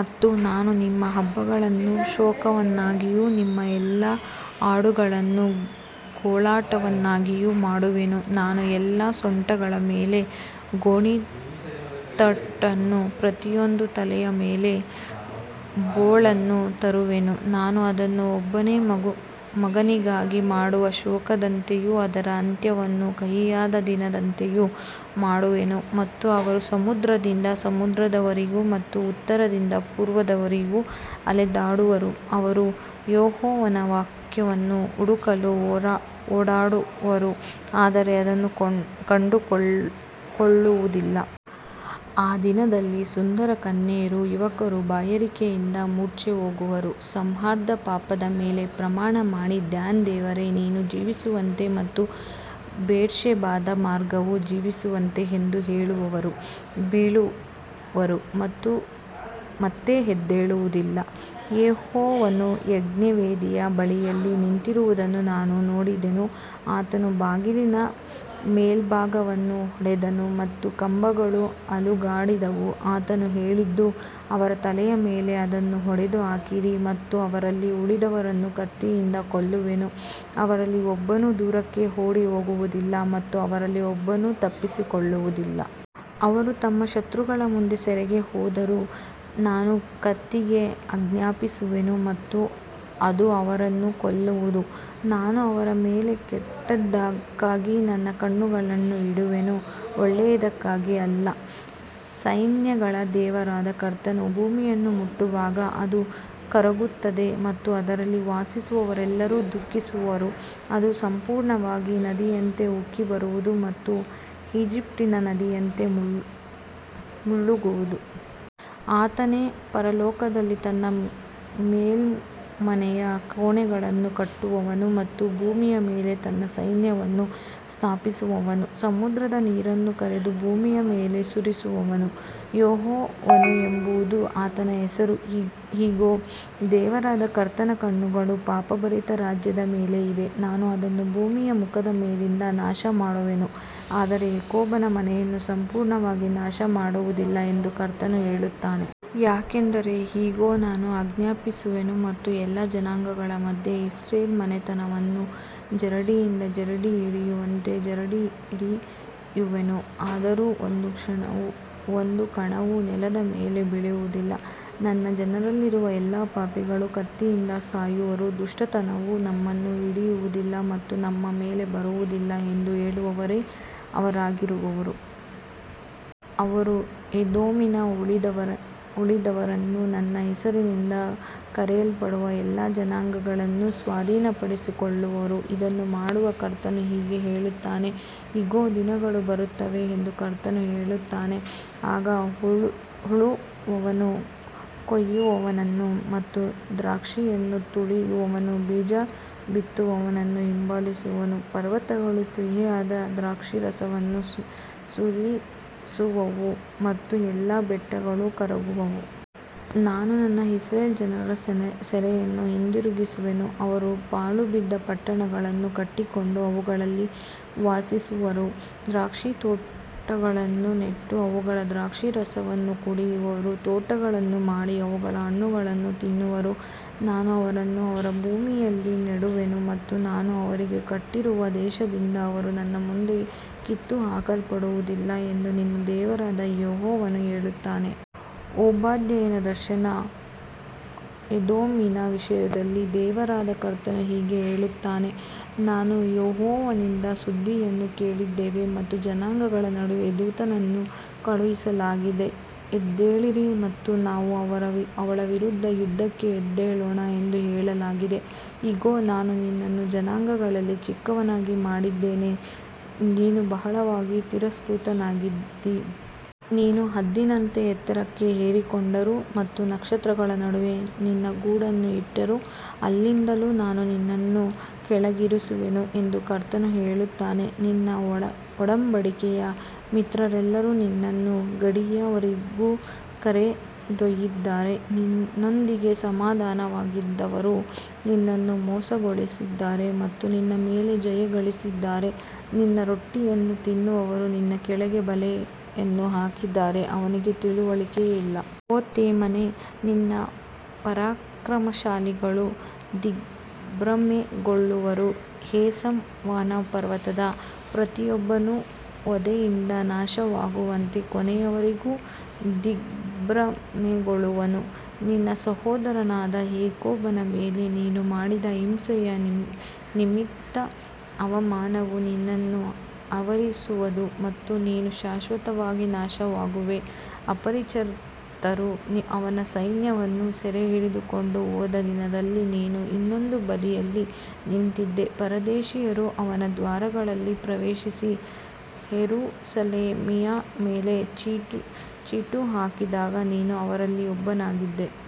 ಮತ್ತು ನಾನು ನಿಮ್ಮ ಹಬ್ಬಗಳನ್ನು ಶೋಕವನ್ನಾಗಿಯೂ ನಿಮ್ಮ ಎಲ್ಲಾ ಹಾಡುಗಳನ್ನು ಗೋಳಾಟವನ್ನಾಗಿಯೂ ಮಾಡುವೆನು, ನಾನು ಎಲ್ಲಾ ಸೊಂಟಗಳ ಮೇಲೆ ಗೋಣಿತಟ್ಟನ್ನೂ ಪ್ರತಿಯೊಂದು ತಲೆಯ ಮೇಲೆ ಬೋಳನ್ನೂ ತರುವೆನು, ನಾನು ಅದನ್ನು ಒಬ್ಬನೇ ಮಗನಿಗಾಗಿ ಮಾಡುವ ಶೋಕದಂತೆಯೂ ಅದರ ಅಂತ್ಯವನ್ನು ಕಹಿಯಾದ ದಿನದಂತೆಯೂ ಮಾಡುವೆನು. ಮತ್ತು ಅವರು ಸಮುದ್ರದಿಂದ ಸಮುದ್ರದವರೆಗೂ ಮತ್ತು ಉತ್ತರದಿಂದ ಪೂರ್ವದವರೆಗೂ ಅಲೆದಾಡುವರು, ಅವರು ಯೆಹೋವನ ವಾಕ್ಯವನ್ನು ಹುಡುಕಲು ಓಡಾಡುವರು, ಆದರೆ ಅದನ್ನು ಕಂಡುಕೊಳ್ಳುವುದಿಲ್ಲ. ಆ ದಿನದಲ್ಲಿ ಸುಂದರ ಕನ್ಯೆಯರೂ ಯುವಕರೂ ಬಾಯಾರಿಕೆಯಿಂದ ಮೂರ್ಛೆಹೋಗುವರು, ಸಮಾರ್ಯದ ಪಾಪದ ಮೇಲೆ ಪ್ರಮಾಣಮಾಡಿ, ದಾನ್ ದೇವರೇ, ನೀನು ಜೀವಿಸುವಂತೆ ಮತ್ತು ಬೇರ್ಷೆಬಾದ ಮಾರ್ಗವು ಜೀವಿಸುವಂತೆ ಎಂದು ಹೇಳುವವರು ಬೀಳುವರು ಮತ್ತು ಮತ್ತೆ ಎದ್ದೇಳುವುದಿಲ್ಲ. ಯೆಹೋವನು ಯಜ್ಞವೇದಿಯ ಬಳಿಯಲ್ಲಿ ನಿಂತಿರುವುದನ್ನು ನಾನು ನೋಡಿದೆನು, ಆತನು ಬಾಗಿಲಿನ ಮೇಲ್ಭಾಗವನ್ನು ಹೊಡೆದನು ಮತ್ತು ಕಂಬಗಳು ಅಲುಗಾಡಿದವು, ಆತನು ಹೇಳಿದ್ದು, ಅವರ ತಲೆಯ ಮೇಲೆ ಅದನ್ನು ಒಡೆದುಹಾಕಿರಿ ಮತ್ತು ಅವರಲ್ಲಿ ಉಳಿದವರನ್ನು ಕತ್ತಿಯಿಂದ ಕೊಲ್ಲುವೆನು, ಅವರಲ್ಲಿ ಒಬ್ಬನೂ ದೂರಕ್ಕೆ ಓಡಿಹೋಗುವುದಿಲ್ಲ ಮತ್ತು ಅವರಲ್ಲಿ ಒಬ್ಬನೂ ತಪ್ಪಿಸಿಕೊಳ್ಳುವುದಿಲ್ಲ. ಅವರು ತಮ್ಮ ಶತ್ರುಗಳ ಮುಂದೆ ಸೆರೆಗೆ ಹೋದರೂ ನಾನು ಕತ್ತಿಗೆ ಆಜ್ಞಾಪಿಸುವೆನು ಮತ್ತು ಅದು ಅವರನ್ನು ಕೊಲ್ಲುವುದು, ನಾನು ಅವರ ಮೇಲೆ ಕೆಟ್ಟದ್ದಕ್ಕಾಗಿ ನನ್ನ ಕಣ್ಣುಗಳನ್ನು ಇಡುವೆನು, ಒಳ್ಳೆಯದಕ್ಕಾಗಿ ಅಲ್ಲ. ಸೈನ್ಯಗಳ ದೇವರಾದ ಕರ್ತನು ಭೂಮಿಯನ್ನು ಮುಟ್ಟುವಾಗ ಅದು ಕರಗುತ್ತದೆ ಮತ್ತು ಅದರಲ್ಲಿ ವಾಸಿಸುವವರೆಲ್ಲರೂ ದುಃಖಿಸುವರು, ಅದು ಸಂಪೂರ್ಣವಾಗಿ ನದಿಯಂತೆ ಉಕ್ಕಿಬರುವುದು ಮತ್ತು ಈಜಿಪ್ಟಿನ ನದಿಯಂತೆ ಮುಳುಗುವುದು. ಆತನೇ ಪರಲೋಕದಲ್ಲಿ ತನ್ನ ಮೇಲ್ಮನೆಯ ಕೋಣೆಗಳನ್ನು ಕಟ್ಟುವವನು ಮತ್ತು ಭೂಮಿಯ ಮೇಲೆ ತನ್ನ ಸೈನ್ಯವನ್ನು ಸ್ಥಾಪಿಸುವವನು, ಸಮುದ್ರದ ನೀರನ್ನು ಕರೆದು ಭೂಮಿಯ ಮೇಲೆ ಸುರಿಸುವವನು, ಯೆಹೋವನು ಎಂಬುದು ಆತನ ಹೆಸರು. ಇಗೋ, ದೇವರಾದ ಕರ್ತನ ಕಣ್ಣುಗಳು ಪಾಪಭರಿತ ರಾಜ್ಯದ ಮೇಲೆ ಇವೆ, ನಾನು ಅದನ್ನು ಭೂಮಿಯ ಮುಖದ ಮೇಲಿಂದ ನಾಶಮಾಡುವೆನು, ಆದರೆ ಯಾಕೋಬನ ಮನೆಯನ್ನು ಸಂಪೂರ್ಣವಾಗಿ ನಾಶಮಾಡುವುದಿಲ್ಲ ಎಂದು ಕರ್ತನು ಹೇಳುತ್ತಾನೆ. ಯಾಕಂದರೆ ಇಗೋ, ನಾನು ಆಜ್ಞಾಪಿಸುವೆನು ಮತ್ತು ಎಲ್ಲಾ ಜನಾಂಗಗಳ ಮಧ್ಯೆ ಇಸ್ರಾಯೇಲ್ ಮನೆತನವನ್ನು ಜರಡಿಯಿಂದ ಜರಡಿ ಹಿಡಿಯುವಂತೆ ಜರಡಿ ಹಿಡಿಯುವೆನು, ಆದರೂ ಒಂದು ಕಣವೂ ನೆಲದ ಮೇಲೆ ಬೀಳುವುದಿಲ್ಲ. ನನ್ನ ಜನರಲ್ಲಿರುವ ಎಲ್ಲಾ ಪಾಪಿಗಳು ಕತ್ತಿಯಿಂದ ಸಾಯುವರು, ದುಷ್ಟತನವು ನಮ್ಮನ್ನು ಹಿಡಿಯುವುದಿಲ್ಲ ಮತ್ತು ನಮ್ಮ ಮೇಲೆ ಬರುವುದಿಲ್ಲ ಎಂದು ಹೇಳುವವರೇ ಅವರಾಗಿರುವರು. ಅವರು ಎದೋಮಿನ ಉಳಿದವರನ್ನೂ ನನ್ನ ಹೆಸರಿನಿಂದ ಕರೆಯಲ್ಪಡುವ ಎಲ್ಲಾ ಜನಾಂಗಗಳನ್ನೂ ಸ್ವಾಧೀನಪಡಿಸಿಕೊಳ್ಳುವರು, ಇದನ್ನು ಮಾಡುವ ಕರ್ತನು ಹೀಗೆ ಹೇಳುತ್ತಾನೆ. ಇಗೋ, ದಿನಗಳು ಬರುತ್ತವೆ ಎಂದು ಕರ್ತನು ಹೇಳುತ್ತಾನೆ, ಆಗ ಉಳುವವನು ಕೊಯ್ಯುವವನನ್ನು ಮತ್ತು ದ್ರಾಕ್ಷಿಯನ್ನು ತುಳಿಯುವವನು ಬೀಜ ಬಿತ್ತುವವನನ್ನು ಹಿಂಬಾಲಿಸುವನು, ಪರ್ವತಗಳು ಸಿಹಿಯಾದ ದ್ರಾಕ್ಷಾರಸವನ್ನು ಸುರಿಸುವವು ಮತ್ತು ಎಲ್ಲಾ ಬೆಟ್ಟಗಳು ಕರಗುವವು. ನಾನು ನನ್ನ ಇಸ್ರಾಯೇಲ್ ಜನರ ಸೆರೆಯನ್ನು ಹಿಂದಿರುಗಿಸುವೆನು, ಅವರು ಪಾಳುಬಿದ್ದ ಪಟ್ಟಣಗಳನ್ನು ಕಟ್ಟಿಕೊಂಡು ಅವುಗಳಲ್ಲಿ ವಾಸಿಸುವರು, ದ್ರಾಕ್ಷಿತೋಟಗಳನ್ನು ನೆಟ್ಟು ಅವುಗಳ ದ್ರಾಕ್ಷಾರಸವನ್ನು ಕುಡಿಯುವರು, ತೋಟಗಳನ್ನು ಮಾಡಿ ಅವುಗಳ ಹಣ್ಣುಗಳನ್ನು ತಿನ್ನುವರು. ನಾನು ಅವರನ್ನು ಅವರ ಭೂಮಿಯಲ್ಲಿ ನೆಡುವೆನು ಮತ್ತು ನಾನು ಅವರಿಗೆ ಕೊಟ್ಟಿರುವ ದೇಶದಿಂದ ಅವರು ಇನ್ನು ಮುಂದೆ ಕಿತ್ತುಹಾಕಲ್ಪಡುವುದಿಲ್ಲ ಎಂದು ನಿನ್ನ ದೇವರಾದ ಯೆಹೋವನು ಹೇಳುತ್ತಾನೆ. ಓಬದ್ಯನ ದರ್ಶನ, ಎದೋಮಿನ ವಿಷಯದಲ್ಲಿ ದೇವರಾದ ಕರ್ತನು ಹೀಗೆ ಹೇಳುತ್ತಾನೆ, ನಾವು ಯೆಹೋವನಿಂದ ಸುದ್ದಿಯನ್ನು ಕೇಳಿದ್ದೇವೆ ಮತ್ತು ಜನಾಂಗಗಳ ನಡುವೆ ದೂತನನ್ನು ಕಳುಹಿಸಲಾಗಿದೆ, ಎದ್ದೇಳಿರಿ ಮತ್ತು ನಾವು ಅವಳ ವಿರುದ್ಧ ಯುದ್ಧಕ್ಕೆ ಎದ್ದೇಳೋಣ ಎಂದು ಹೇಳಲಾಗಿದೆ. ಇಗೋ, ನಾನು ನಿನ್ನನ್ನು ಜನಾಂಗಗಳಲ್ಲಿ ಚಿಕ್ಕವನನ್ನಾಗಿ ಮಾಡಿದ್ದೇನೆ, ನೀನು ಬಹಳವಾಗಿ ತಿರಸ್ಕೃತನಾಗಿದ್ದೀ. ನೀನು ಹದ್ದಿನಂತೆ ಎತ್ತರಕ್ಕೆ ಏರಿಕೊಂಡರೂ ಮತ್ತು ನಕ್ಷತ್ರಗಳ ನಡುವೆ ನಿನ್ನ ಗೂಡನ್ನು ಇಟ್ಟರೂ, ಅಲ್ಲಿಂದಲೂ ನಾನು ನಿನ್ನನ್ನು ಕೆಳಗಿಳಿಸುವೆನು ಎಂದು ಕರ್ತನು ಹೇಳುತ್ತಾನೆ. ನಿನ್ನ ಒಡಂಬಡಿಕೆಯ ಮಿತ್ರರೆಲ್ಲರೂ ನಿನ್ನನ್ನು ಗಡಿಯವರೆಗೂ ಕರೆದೊಯ್ದಿದ್ದಾರೆ, ನಿನ್ನೊಂದಿಗೆ ಸಮಾಧಾನವಾಗಿದ್ದವರು ನಿನ್ನನ್ನು ಮೋಸಗೊಳಿಸಿದ್ದಾರೆ ಮತ್ತು ನಿನ್ನ ಮೇಲೆ ಜಯಗಳಿಸಿದ್ದಾರೆ, ನಿನ್ನ ರೊಟ್ಟಿಯನ್ನು ತಿನ್ನುವವರು ನಿನ್ನ ಕೆಳಗೆ ಬಲೆಯನ್ನು ಹಾಕಿದ್ದಾರೆ, ಅವನಿಗೆ ತಿಳುವಳಿಕೆಯೇ ಇಲ್ಲ. ಓ ತೇಮಾನೇ, ನಿನ್ನ ಪರಾಕ್ರಮಶಾಲಿಗಳು ದಿಗ್ಭ್ರಮೆಗೊಳ್ಳುವರು, ಏಸಾವನ ಪರ್ವತದ ಪ್ರತಿಯೊಬ್ಬನೂ ವಧೆಯಿಂದ ನಾಶವಾಗುವಂತೆ ಕೊನೆಯವರೆಗೂ ದಿಗ್ಭ್ರಮೆಗೊಳ್ಳುವನು. ನಿನ್ನ ಸಹೋದರನಾದ ಯಾಕೋಬನ ಮೇಲೆ ನೀನು ಮಾಡಿದ ಹಿಂಸೆಯ ನಿಮಿತ್ತ ಅವಮಾನವು ನಿನ್ನನ್ನು ಆವರಿಸುವದು ಮತ್ತು ನೀನು ಶಾಶ್ವತವಾಗಿ ನಾಶವಾಗುವೆ. ಅಪರಿಚಿತರು ಅವನ ಸೈನ್ಯವನ್ನು ಸೆರೆಹಿಡಿದುಕೊಂಡು ಹೋದ ದಿನದಲ್ಲಿ, ನೀನು ಇನ್ನೊಂದು ಬದಿಯಲ್ಲಿ ನಿಂತಿದ್ದೆ, ಪರದೇಶಿಯರು ಅವನ ದ್ವಾರಗಳಲ್ಲಿ ಪ್ರವೇಶಿಸಿ ಯೆರೂಸಲೇಮಿನ ಮೇಲೆ ಚೀಟು ಹಾಕಿದಾಗ ನೀನೂ ಅವರಲ್ಲಿ ಒಬ್ಬನಾಗಿದ್ದೆ.